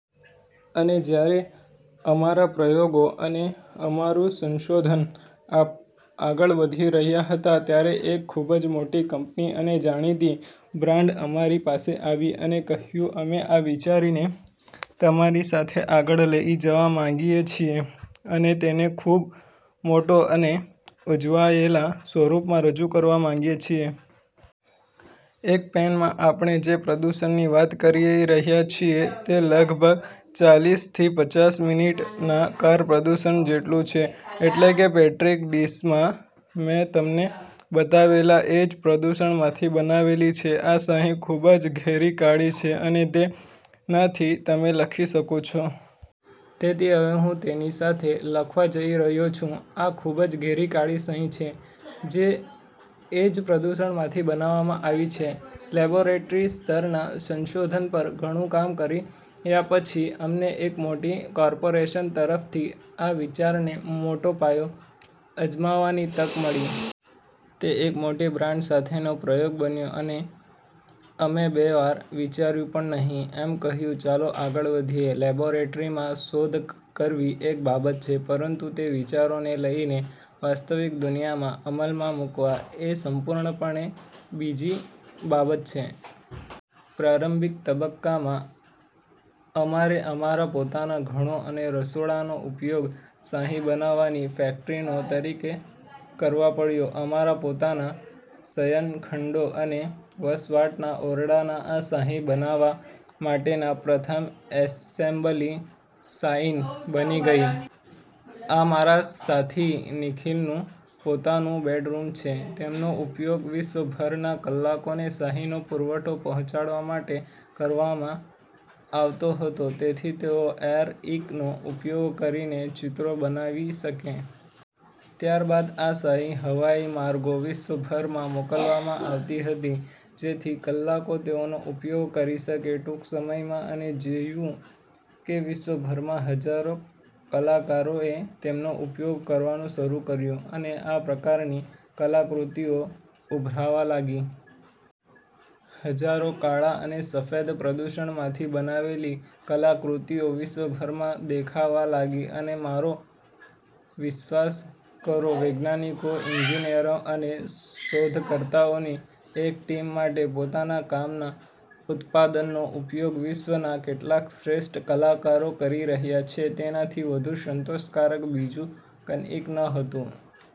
અને જ્યારે અમારા પ્રયોગો અને અમારું સંશોધન આગળ વધી રહ્યાં હતાં, ત્યારે એક ખૂબ મોટી કંપની અને જાણીતી બ્રાન્ડ અમારી પાસે આવી અને કહ્યું, અમે આ વિચારને તમારી સાથે આગળ લઈ જવા માંગીએ છીએ અને તેને ખૂબ મોટા અને ઉજવાયેલા સ્વરૂપમાં રજૂ કરવા માંગીએ છીએ. એક પેનમાં આપણે જે પ્રદૂષણની વાત કરીએ રહ્યા છીએ તે લગભગ ચાલીસથી પચાસ મિનિટના કાર પ્રદૂષણ જેટલું છે, એટલે કે પેટ્રી ડિશમાં મેં તમને બતાવેલા એ જ પ્રદૂષણમાંથી બનાવેલી છે. આ શાહી ખૂબ જ ઘેરી કાળી છે અને તેનાથી તમે લખી શકો છો. તેથી હવે હું તેની સાથે લખવા જઈ રહ્યો છું. આ ખૂબ જ ઘેરી કાળી શાહી છે, જે એ જ પ્રદૂષણમાંથી બનાવવામાં આવી છે. લેબોરેટરી સ્તરના સંશોધન પર ઘણું કામ કરીયા પછી, અમને એક મોટી કોર્પોરેશન તરફથી આ વિચારને મોટા પાયો અજમાવવાની તક મળી. તે એક મોટી બ્રાન્ડ સાથેનો પ્રયોગ બન્યો અને અમે બે વાર વિચાર્યું પણ નહીં. અમે કહ્યું, “ચાલો, આગળ વધીએ.” લેબોરેટરીમાં શોધ કરવી એક બાબત છે, પરંતુ તે વિચારોને લઈને વાસ્તવિક દુનિયામાં અમલમાં મૂકવા એ સંપૂર્ણપણે બીજી બાબત છે. પ્રારંભિક તબક્કામાં, અમારે અમારા પોતાના ઘણો અને રસોડાંનો ઉપયોગ શાહી બનાવવાની ફેક્ટરનો તરીકે કરવો પડ્યો. અમારા પોતાના શયનખંડો અને વસવાટના ઓરડાના આ શાહી બનાવવા માટેની પ્રથમ એસેમ્બલી સાઇન બની ગઈ. આ મારા સાથી નિખિલનું પોતાનું બેડરૂમ છે, તેમનો ઉપયોગ વિશ્વભરના કલાકારોને શાહીનો પુરવઠો પહોંચાડવા માટે કરવામાં આવતો હતો, જેથી તેઓ એર-ઇંકનો ઉપયોગ કરીને ચિત્રો બનાવી શકે. ત્યારબાદ આ શાહી હવાઈ માર્ગે વિશ્વભરમાં મોકલવામાં આવતી હતી, જેથી કલાકારો તેનો ઉપયોગ કરી શકે. ટૂંક સમયમાં, અમે જોયું કે વિશ્વભરના હજારો કલાકારોએ તેનો ઉપયોગ કરવાનું શરૂ કર્યું અને આ પ્રકારની કલાકૃતિઓ ઉભરાવા લાગી. હજારો કાળા અને સફેદ, પ્રદૂષણમાંથી બનાવેલી કલાકૃતિઓ વિશ્વભરમાં દેખાવા લાગી. અને મારો વિશ્વાસ કરો, વૈજ્ઞાનિકો, ઇજનેરો અને શોધકર્તાઓની એક ટીમ માટે પોતાના કામના ઉત્પાદનનો ઉપયોગ વિશ્વના કેટલાક શ્રેષ્ઠ કલાકારો કરી રહ્યા છે તેનાથી વધુ સંતોષકારક બીજું કંઈ નહોતું.